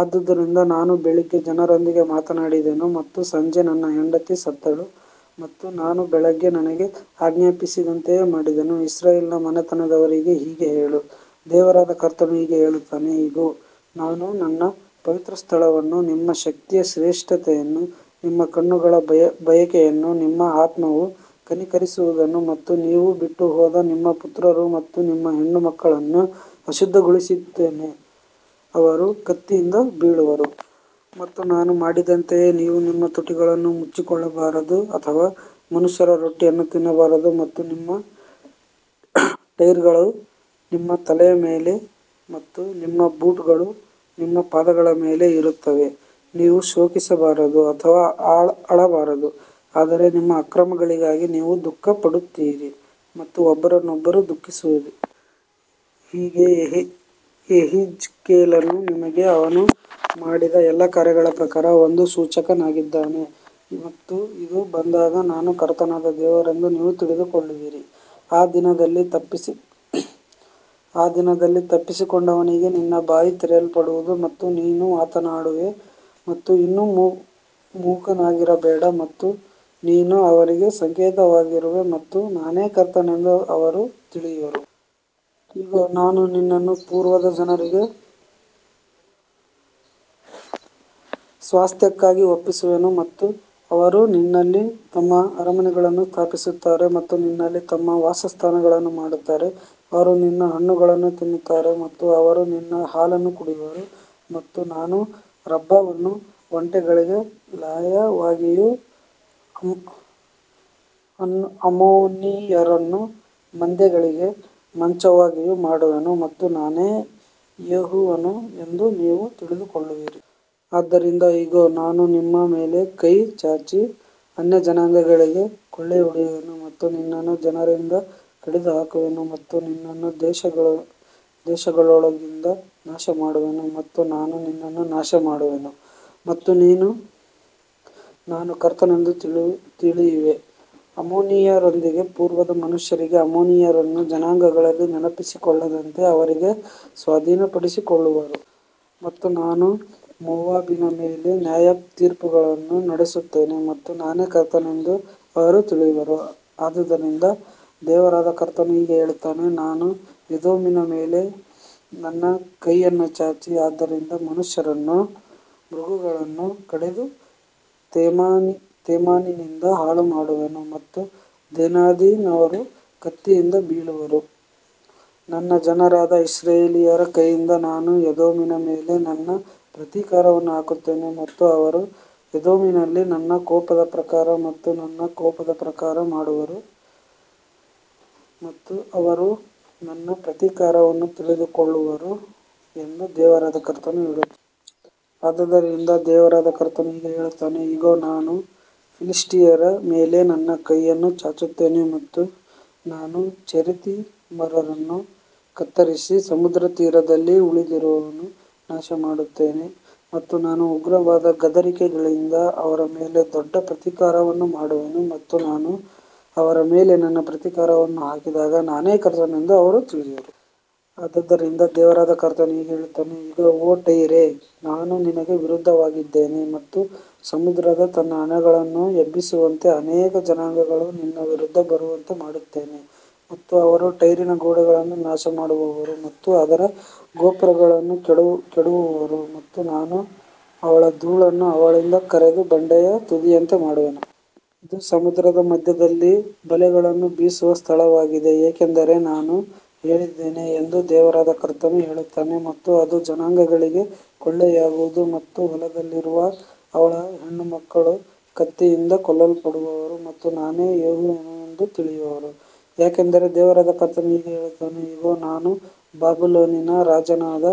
ಆದುದರಿಂದ ನಾನು ಬೆಳಿಗ್ಗೆ ಜನರೊಂದಿಗೆ ಮಾತನಾಡಿದೆನು ಮತ್ತು ಸಂಜೆ ನನ್ನ ಹೆಂಡತಿ ಸತ್ತಳು ಮತ್ತು ನಾನು ಬೆಳಿಗ್ಗೆ ನನಗೆ ಆಜ್ಞಾಪಿಸಿದಂತೆಯೇ ಮಾಡಿದೆನು. ಇಸ್ರಾಯೇಲ್ ಮನೆತನದವರಿಗೆ ಹೀಗೆ ಹೇಳು, ದೇವರಾದ ಕರ್ತನು ಹೀಗೆ ಹೇಳುತ್ತಾನೆ, ಇಗೋ, ನಾನು ನನ್ನ ಪವಿತ್ರ ಸ್ಥಳವನ್ನು, ನಿಮ್ಮ ಶಕ್ತಿಯ ಶ್ರೇಷ್ಠತೆಯನ್ನು, ನಿಮ್ಮ ಕಣ್ಣುಗಳ ಬಯಕೆಯನ್ನು, ನಿಮ್ಮ ಆತ್ಮವು ಕನಿಕರಿಸುವುದನ್ನು ಮತ್ತು ನೀವು ಬಿಟ್ಟುಹೋದ ನಿಮ್ಮ ಪುತ್ರರು ಮತ್ತು ನಿಮ್ಮ ಹೆಣ್ಣುಮಕ್ಕಳನ್ನು ಅಶುದ್ಧಗೊಳಿಸುತ್ತೇನೆ, ಅವರು ಕತ್ತಿಯಿಂದ ಬೀಳುವರು. ಮತ್ತು ನಾನು ಮಾಡಿದಂತೆಯೇ ನೀವು ನಿಮ್ಮ ತುಟಿಗಳನ್ನು ಮುಚ್ಚಿಕೊಳ್ಳಬಾರದು ಅಥವಾ ಮನುಷ್ಯರ ರೊಟ್ಟಿಯನ್ನು ತಿನ್ನಬಾರದು ಮತ್ತು ನಿಮ್ಮ ಟೈರ್ಗಳು ನಿಮ್ಮ ತಲೆಯ ಮೇಲೆ ಮತ್ತು ನಿಮ್ಮ ಬೂಟುಗಳು ನಿಮ್ಮ ಪಾದಗಳ ಮೇಲೆ ಇರುತ್ತವೆ, ನೀವು ಶೋಕಿಸಬಾರದು ಅಥವಾ ಅಳಬಾರದು, ಆದರೆ ನಿಮ್ಮ ಅಕ್ರಮಗಳಿಗಾಗಿ ನೀವು ದುಃಖಪಡುತ್ತೀರಿ ಮತ್ತು ಒಬ್ಬರನ್ನೊಬ್ಬರು ದುಃಖಿಸುವಿರಿ. ಹೀಗೆ ಯೆಹೆಜ್ಕೇಲನು ನಿಮಗೆ ಅವನು ಮಾಡಿದ ಎಲ್ಲಾ ಕಾರ್ಯಗಳ ಪ್ರಕಾರ ಒಂದು ಸೂಚಕವಾಗಿದ್ದಾನೆ ಮತ್ತು ಇದು ಬಂದಾಗ ನಾನು ಕರ್ತನಾದ ದೇವರೆಂದು ನೀವು ತಿಳಿದುಕೊಳ್ಳುವಿರಿ. ಆ ದಿನದಲ್ಲಿ ತಪ್ಪಿಸಿಕೊಂಡವನಿಗೆ ನಿನ್ನ ಬಾಯಿ ತೆರೆಯಲ್ಪಡುವುದು ಮತ್ತು ನೀನು ಮಾತನಾಡುವೆ ಮತ್ತು ಇನ್ನು ಮೂಕನಾಗಿರಬೇಡ ಮತ್ತು ನೀನು ಅವರಿಗೆ ಸಂಕೇತವಾಗಿರುವೆ ಮತ್ತು ನಾನೇ ಕರ್ತನೆಂದು ಅವರು ತಿಳಿಯುವರು. ಇಗೋ, ನಾನು ನಿನ್ನನ್ನು ಪೂರ್ವದ ಜನರಿಗೆ ಸ್ವಾಸ್ತ್ಯಕ್ಕಾಗಿ ಒಪ್ಪಿಸುವೆನು ಮತ್ತು ಅವರು ನಿನ್ನಲ್ಲಿ ತಮ್ಮ ಅರಮನೆಗಳನ್ನು ಸ್ಥಾಪಿಸುತ್ತಾರೆ ಮತ್ತು ನಿನ್ನಲ್ಲಿ ತಮ್ಮ ವಾಸಸ್ಥಾನಗಳನ್ನು ಮಾಡುತ್ತಾರೆ, ಅವರು ನಿನ್ನ ಹಣ್ಣುಗಳನ್ನು ತಿನ್ನುತ್ತಾರೆ ಮತ್ತು ಅವರು ನಿನ್ನ ಹಾಲನ್ನು ಕುಡಿಯುವರು. ಮತ್ತು ನಾನು ರಬ್ಬಾವನ್ನು ಒಂಟೆಗಳಿಗೆ ಲಾಯವಾಗಿಯೂ ಅಮ್ಮೋನಿಯರನ್ನು ಮಂದೆಗಳಿಗೆ ಮಂಚವಾಗಿಯೂ ಮಾಡುವೆನು ಮತ್ತು ನಾನೇ ಯೆಹೋವನು ಎಂದು ನೀವು ತಿಳಿದುಕೊಳ್ಳುವಿರಿ. ಆದದರಿಂದ ಇಗೋ, ನಾನು ನಿನ್ನ ಮೇಲೆ ಕೈ ಚಾಚಿ ಅನ್ಯಜನಾಂಗಗಳಿಗೆ ಕೊಳ್ಳೆಹೊಡೆಯುವೆನು ಮತ್ತು ನಿನ್ನನ್ನು ಜನರಿಂದ ಕಡಿದುಹಾಕುವೆನು ಮತ್ತು ನಿನ್ನನ್ನು ದೇಶಗಳೊಳಗಿಂದ ನಾಶಮಾಡುವೆನು ಮತ್ತು ನಾನು ನಿನ್ನನ್ನು ನಾಶಮಾಡುವೆನು ಮತ್ತು ನೀನು ನಾನು ಕರ್ತನೆಂದು ತಿಳಿಯುವೆ. ಅಮ್ಮೋನಿಯರೊಂದಿಗೆ ಪೂರ್ವದ ಮನುಷ್ಯರಿಗೆ ಅಮ್ಮೋನಿಯರನ್ನು ಜನಾಂಗಗಳಲ್ಲಿ ನೆನಪಿಸಿಕೊಳ್ಳದಂತೆ ಅವರಿಗೆ ಸ್ವಾಧೀನಪಡಿಸಿಕೊಳ್ಳುವರು. ಮತ್ತು ನಾನು ಮೋವಾಬಿನ ಮೇಲೆ ನ್ಯಾಯತೀರ್ಪುಗಳನ್ನು ನಡೆಸುತ್ತೇನೆ ಮತ್ತು ನಾನೇ ಕರ್ತನೆಂದು ಅವರು ತಿಳಿಯುವರು. ಆದದರಿಂದ ದೇವರಾದ ಕರ್ತನು ಹೀಗೆ ಹೇಳುತ್ತಾನೆ, ನಾನು ಎದೋಮಿನ ಮೇಲೆ ನನ್ನ ಕೈಯನ್ನು ಚಾಚಿ ಅದರಿಂದ ಮನುಷ್ಯರನ್ನೂ ಮೃಗಗಳನ್ನೂ ಕಡಿದು ತೇಮಾನಿನಿಂದ ಹಾಳುಮಾಡುವೆನು ಮತ್ತು ದೇದಾನಿನವರು ಕತ್ತಿಯಿಂದ ಬೀಳುವರು. ನನ್ನ ಜನರಾದ ಇಸ್ರಾಯೇಲ್ಯರ ಕೈಯಿಂದ ನಾನು ಎದೋಮಿನ ಮೇಲೆ ನನ್ನ ಪ್ರತೀಕಾರವನ್ನು ಹಾಕುತ್ತೇನೆ ಮತ್ತು ಅವರು ಎದೋಮಿನಲ್ಲಿ ನನ್ನ ಕೋಪದ ಪ್ರಕಾರ ಮತ್ತು ನನ್ನ ಕೋಪದ ಪ್ರಕಾರ ಮಾಡುವರು ಮತ್ತು ಅವರು ನನ್ನ ಪ್ರತೀಕಾರವನ್ನು ತಿಳಿದುಕೊಳ್ಳುವರು ಎಂದು ದೇವರಾದ ಕರ್ತನು ಹೇಳುತ್ತಾನೆ. ಆದದರಿಂದ ದೇವರಾದ ಕರ್ತನು ಹೀಗೆ ಹೇಳುತ್ತಾನೆ, ಇಗೋ, ನಾನು ಫಿಲಿಷ್ಟಿಯರ ಮೇಲೆ ನನ್ನ ಕೈಯನ್ನು ಚಾಚುತ್ತೇನೆ ಮತ್ತು ನಾನು ಚೆರೆಥಿಮರನ್ನು ಕತ್ತರಿಸಿ ಸಮುದ್ರತೀರದಲ್ಲಿ ಉಳಿದಿರುವವರನ್ನು ನಾಶಮಾಡುತ್ತೇನೆ. ಮತ್ತು ನಾನು ಉಗ್ರವಾದ ಗದರಿಕೆಗಳಿಂದ ಅವರ ಮೇಲೆ ದೊಡ್ಡ ಪ್ರತೀಕಾರವನ್ನು ಮಾಡುವೆನು ಮತ್ತು ನಾನು ಅವರ ಮೇಲೆ ನನ್ನ ಪ್ರತೀಕಾರವನ್ನು ಹಾಕಿದಾಗ ನಾನೇ ಕರ್ತನೆಂದು ಅವರು ತಿಳಿಯುವರು. ಆದದರಿಂದ ದೇವರಾದ ಕರ್ತನು ಹೀಗೆ ಹೇಳುತ್ತಾನೆ, ಇಗೋ, ಓ ಟೈರೇ, ನಾನು ನಿನಗೆ ವಿರುದ್ಧವಾಗಿದ್ದೇನೆ ಮತ್ತು ಸಮುದ್ರವು ತನ್ನ ಅಲೆಗಳನ್ನು ಎಬ್ಬಿಸುವಂತೆ ಅನೇಕ ಜನಾಂಗಗಳು ನಿನ್ನ ವಿರುದ್ಧ ಬರುವಂತೆ ಮಾಡುತ್ತೇನೆ ಮತ್ತು ಅವರು ಟೈರಿನ ಗೋಡೆಗಳನ್ನು ನಾಶಮಾಡುವರು ಮತ್ತು ಅದರ ಗೋಪುರಗಳನ್ನು ಕೆಡವುವರು ಮತ್ತು ನಾನು ಅವಳ ಧೂಳನ್ನು ಅವಳಿಂದ ಕೆರೆದು ಬಂಡೆಯ ತುದಿಯಂತೆ ಮಾಡುವೆನು. ಇದು ಸಮುದ್ರದ ಮಧ್ಯದಲ್ಲಿ ಬಲೆಗಳನ್ನು ಬೀಸುವ ಸ್ಥಳವಾಗಿದೆ, ಏಕೆಂದರೆ ನಾನು ಹೇಳಿದ್ದೇನೆ ಎಂದು ದೇವರಾದ ಕರ್ತನು ಹೇಳುತ್ತಾನೆ ಮತ್ತು ಅದು ಜನಾಂಗಗಳಿಗೆ ಕೊಳ್ಳೆಯಾಗುವುದು ಮತ್ತು ಹೊಲದಲ್ಲಿರುವ ಅವಳ ಹೆಣ್ಣುಮಕ್ಕಳು ಕತ್ತಿಯಿಂದ ಕೊಲ್ಲಲ್ಪಡುವರು ಮತ್ತು ನಾನೇ ಯೆಹೋವನು ಎಂದು ತಿಳಿಯುವರು. ಯಾಕಂದರೆ ದೇವರಾದ ಕರ್ತನು ಹೀಗೆ ಹೇಳುತ್ತಾನೆ, ಇಗೋ, ನಾನು ಬಾಬಿಲೋನಿನ ರಾಜನಾದ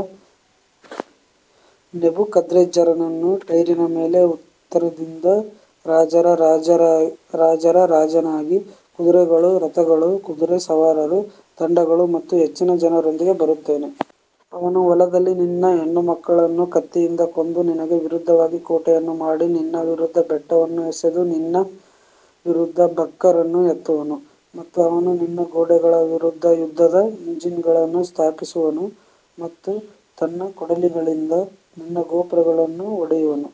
ನೆಬುಕದ್ರೆಜ್ಜರನನ್ನು, ಟೈರಿನ ಮೇಲೆ ಉತ್ತರದಿಂದ ರಾಜರ ರಾಜನಾಗಿ, ಕುದುರೆಗಳು, ರಥಗಳು, ಕುದುರೆಸವಾರರು, ತಂಡಗಳು ಮತ್ತು ಹೆಚ್ಚಿನ ಜನರೊಂದಿಗೆ ಬರುತ್ತೇನೆ. ಅವನು ಹೊಲದಲ್ಲಿ ನಿನ್ನ ಹೆಣ್ಣುಮಕ್ಕಳನ್ನು ಕತ್ತಿಯಿಂದ ಕೊಂದು ನಿನಗೆ ವಿರುದ್ಧವಾಗಿ ಕೋಟೆಯನ್ನು ಮಾಡಿ ನಿನ್ನ ವಿರುದ್ಧ ಬೆಟ್ಟವನ್ನು ಎಸೆದು ನಿನ್ನ ವಿರುದ್ಧ ಬಕ್ಕರ್ ಅನ್ನು ಎತ್ತುವನು. ಮತ್ತು ಅವನು ನಿನ್ನ ಗೋಡೆಗಳ ವಿರುದ್ಧ ಯುದ್ಧದ ಇಂಜಿನ್ಗಳನ್ನು ಸ್ಥಾಪಿಸುವನು ಮತ್ತು ತನ್ನ ಕೊಡಲಿಗಳಿಂದ ನಿನ್ನ ಗೋಪುರಗಳನ್ನು ಒಡೆಯುವನು.